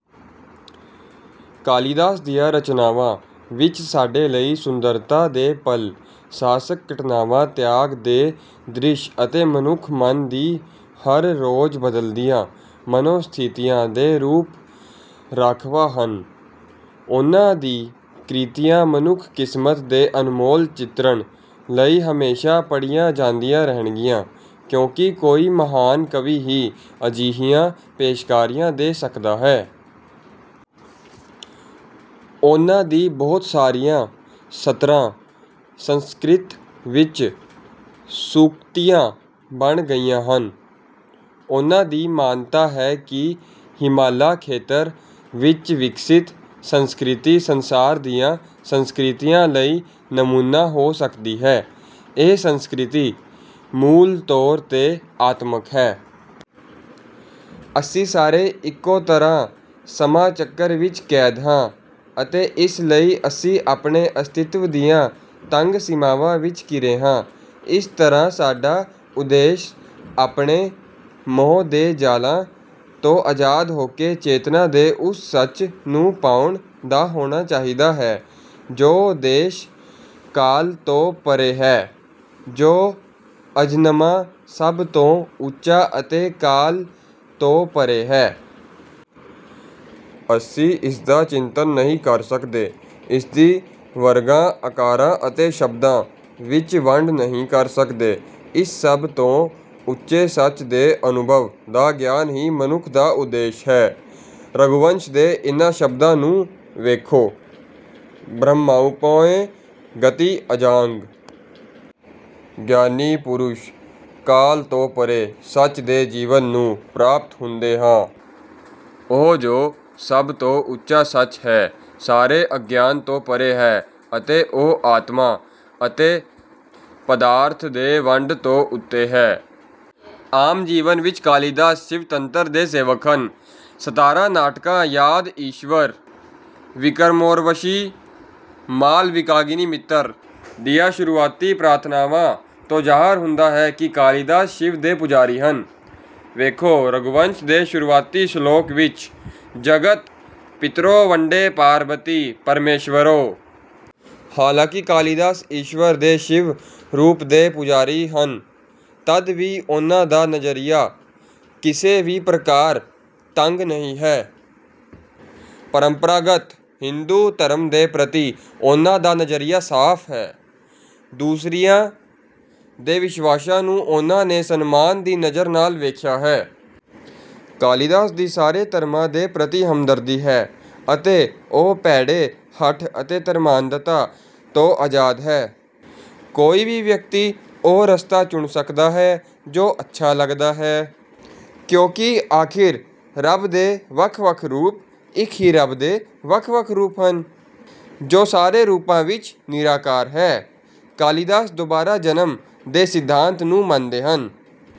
ਕਾਲੀਦਾਸ ਦੀਆਂ ਰਚਨਾਵਾਂ ਵਿੱਚ ਸਾਡੇ ਲਈ ਸੁੰਦਰਤਾ ਦੇ ਪਲ ਸਾਹਸਿਕ ਘਟਨਾਵਾਂ ਤਿਆਗ ਦੇ ਦ੍ਰਿਸ਼ ਅਤੇ ਮਨੁੱਖ ਮਨ ਦੀ ਹਰ ਰੋਜ਼ ਬਦਲਦੀਆਂ ਮਨੋ ਸਥਿਤੀਆਂ ਦੇ ਰੂਪ ਰਾਖਵਾਂ ਹਨ। ਉਨ੍ਹਾਂ ਦੀ ਕ੍ਰਿਤੀਆਂ ਮਨੁੱਖ ਕਿਸਮਤ ਦੇ ਅਨਮੋਲ ਚਿਤਰਣ ਲਈ ਹਮੇਸ਼ਾਂ ਪੜ੍ਹੀਆਂ ਜਾਂਦੀਆਂ ਰਹਿਣਗੀਆਂ ਕਿਉਂਕਿ ਕੋਈ ਮਹਾਨ ਕਵੀ ਹੀ ਅਜਿਹੀਆਂ ਪੇਸ਼ਕਾਰੀਆਂ ਦੇ ਸਕਦਾ ਹੈ। ਉਨ੍ਹਾਂ ਦੀ ਬਹੁਤ ਸਾਰੀਆਂ ਸਤਰਾਂ ਸੰਸਕ੍ਰਿਤ ਵਿੱਚ ਸੂਕਤੀਆਂ ਬਣ ਗਈਆਂ ਹਨ। ਉਨ੍ਹਾਂ ਦੀ ਮਾਨਤਾ ਹੈ ਕਿ ਹਿਮਾਲਾ ਖੇਤਰ ਵਿੱਚ ਵਿਕਸਿਤ ਸੰਸਕ੍ਰਿਤੀ ਸੰਸਾਰ ਦੀਆਂ ਸੰਸਕ੍ਰਿਤੀਆਂ ਲਈ ਨਮੂਨਾ ਹੋ ਸਕਦੀ ਹੈ। ਇਹ ਸੰਸਕ੍ਰਿਤੀ ਮੂਲ ਤੌਰ ਤੇ ਆਤਮਕ ਹੈ। ਅਸੀਂ ਸਾਰੇ ਇਕੋ ਤਰ੍ਹਾਂ ਸਮਾਂ ਚੱਕਰ ਵਿੱਚ ਕੈਦ ਹਾਂ ਅਤੇ ਇਸ ਲਈ ਅਸੀਂ ਆਪਣੇ ਅਸਤਿਤਵ ਦੀਆਂ ਤੰਗ ਸੀਮਾਵਾਂ ਵਿੱਚ ਘਿਰੇ ਹਾਂ। ਇਸ ਤਰ੍ਹਾਂ ਸਾਡਾ ਉਦੇਸ਼ ਆਪਣੇ ਮੋਹ ਦੇ ਜਾਲਾਂ ਤੋਂ ਅਜ਼ਾਦ ਹੋਕੇ ਚੇਤਨਾ ਦੇ ਉਸ ਸੱਚ ਨੂੰ ਪਾਉਣ ਦਾ ਹੋਣਾ ਚਾਹੀਦਾ ਹੈ ਜੋ ਦੇਸ਼ ਕਾਲ ਤੋਂ ਪਰੇ ਹੈ ਜੋ ਅਜਨਮਾ ਸਭ ਤੋਂ ਉੱਚਾ ਅਤੇ ਕਾਲ ਤੋਂ ਪਰੇ ਹੈ। ਅਸੀਂ ਇਸਦਾ ਚਿੰਤਨ ਨਹੀਂ ਕਰ ਸਕਦੇ ਇਸਦੀ ਵਰਗਾਂ ਆਕਾਰਾਂ ਅਤੇ ਸ਼ਬਦਾਂ ਵਿੱਚ ਵੰਡ ਨਹੀਂ ਕਰ ਸਕਦੇ। ਇਸ ਸਭ ਤੋਂ ਉੱਚੇ ਸੱਚ ਦੇ ਅਨੁਭਵ ਦਾ ਗਿਆਨ ਹੀ ਮਨੁੱਖ ਦਾ ਉਦੇਸ਼ ਹੈ। ਰਘੂਵੰਸ਼ ਦੇ ਇਨ੍ਹਾਂ ਸ਼ਬਦਾਂ ਨੂੰ ਵੇਖੋ ਬਰਹਮਾਭੂਇੰ ਗਤੀਂ ਅਜਾਗੰ। ਗਿਆਨੀ ਪੁਰੁਸ਼ ਕਾਲ ਤੋਂ ਪਰੇ ਸੱਚ ਦੇ ਜੀਵਨ ਨੂੰ ਪ੍ਰਾਪਤ ਹੁੰਦੇ ਹਾਂ। ਉਹ ਜੋ ਸਭ ਤੋਂ ਉੱਚਾ ਸੱਚ ਹੈ ਸਾਰੇ ਅਗਿਆਨ ਤੋਂ ਪਰੇ ਹੈ ਅਤੇ ਉਹ ਆਤਮਾ ਅਤੇ ਪਦਾਰਥ ਦੇ ਵੰਡ ਤੋਂ ਉੱਤੇ ਹੈ। ਆਮ ਜੀਵਨ ਵਿੱਚ ਕਾਲੀਦਾਸ ਸ਼ਿਵਤੰਤਰ ਦੇ ਸੇਵਕ ਹਨ। ਸਤਾਰਾਂ ਨਾਟਕਾਂ ਯਾਦ ਈਸ਼ਵਰ ਵਿਕਰਮੋਰਵਸ਼ੀ ਮਾਲਵਿਕਾਗਨਿਮਿਤਰ ਦੀਆਂ ਸ਼ੁਰੂਆਤੀ ਪ੍ਰਾਰਥਨਾਵਾਂ ਤੋਂ ਜ਼ਾਹਰ ਹੁੰਦਾ ਹੈ ਕਿ ਕਾਲੀਦਾਸ ਸ਼ਿਵ ਦੇ ਪੂਜਾਰੀ ਹਨ। ਵੇਖੋ ਰਘੂਵੰਸ਼ ਦੇ ਸ਼ੁਰੂਆਤੀ ਸ਼ਲੋਕ ਵਿੱਚ ਜਗਤ ਪਿਤਰੌ ਵੰਦੇ ਪਾਰਵਤੀ ਪਰਮੇਸ਼ਵਰੌ। ਹਾਲਾਂਕਿ ਕਾਲੀਦਾਸ ਈਸਵਰ ਦੇ ਸ਼ਿਵ ਰੂਪ ਦੇ ਪੂਜਾਰੀ ਹਨ ਤਦ ਵੀ ਉਨ੍ਹਾਂ ਦਾ ਨਜ਼ਰੀਆ ਕਿਸੇ ਵੀ ਪ੍ਰਕਾਰ ਤੰਗ ਨਹੀਂ ਹੈ। ਪਰੰਪਰਾਗਤ ਹਿੰਦੂ ਧਰਮ ਦੇ ਪ੍ਰਤੀ ਉਨ੍ਹਾਂ ਦਾ ਨਜ਼ਰੀਆ ਸਾਫ ਹੈ। ਦੂਸਰਿਆਂ ਦੇ ਵਿਸ਼ਵਾਸਾਂ ਨੂੰ ਉਨ੍ਹਾਂ ਨੇ ਸਨਮਾਨ ਦੀ ਨਜ਼ਰ ਨਾਲ ਵੇਖਿਆ। ਕਾਲੀਦਾਸ ਦੀ ਸਾਰੇ ਧਰਮਾਂ ਦੇ ਪ੍ਰਤੀ ਹਮਦਰਦੀ ਹੈ ਅਤੇ ਓਹ ਭੈੜੇ ਹਠ ਅਤੇ ਧਰਮਾਂਧਤਾ ਤੋਂ ਅਜ਼ਾਦ ਹੈ। ਕੋਈ ਵੀ ਵਿਅਕਤੀ ਓਹ ਰਸਤਾ ਚੁਣ ਸਕਦਾ ਹੈ ਜੋ ਅੱਛਾ ਲੱਗਦਾ ਹੈ ਕਿਉਂਕਿ ਆਖੀਰ ਰੱਬ ਦੇ ਵੱਖ ਵੱਖ ਰੂਪ ਇੱਕ ਹੀ ਰੱਬ ਦੇ ਵੱਖ ਵੱਖ ਰੂਪ ਹਨ ਜੋ ਸਾਰੇ ਰੂਪਾਂ ਵਿੱਚ ਨਿਰਾਕਾਰ ਹੈ। ਕਾਲੀਦਾਸ ਦੁਬਾਰਾ ਜਨਮ ਦੇ ਸਿਧਾਂਤ ਨੂੰ ਮੰਨਦੇ ਹਨ।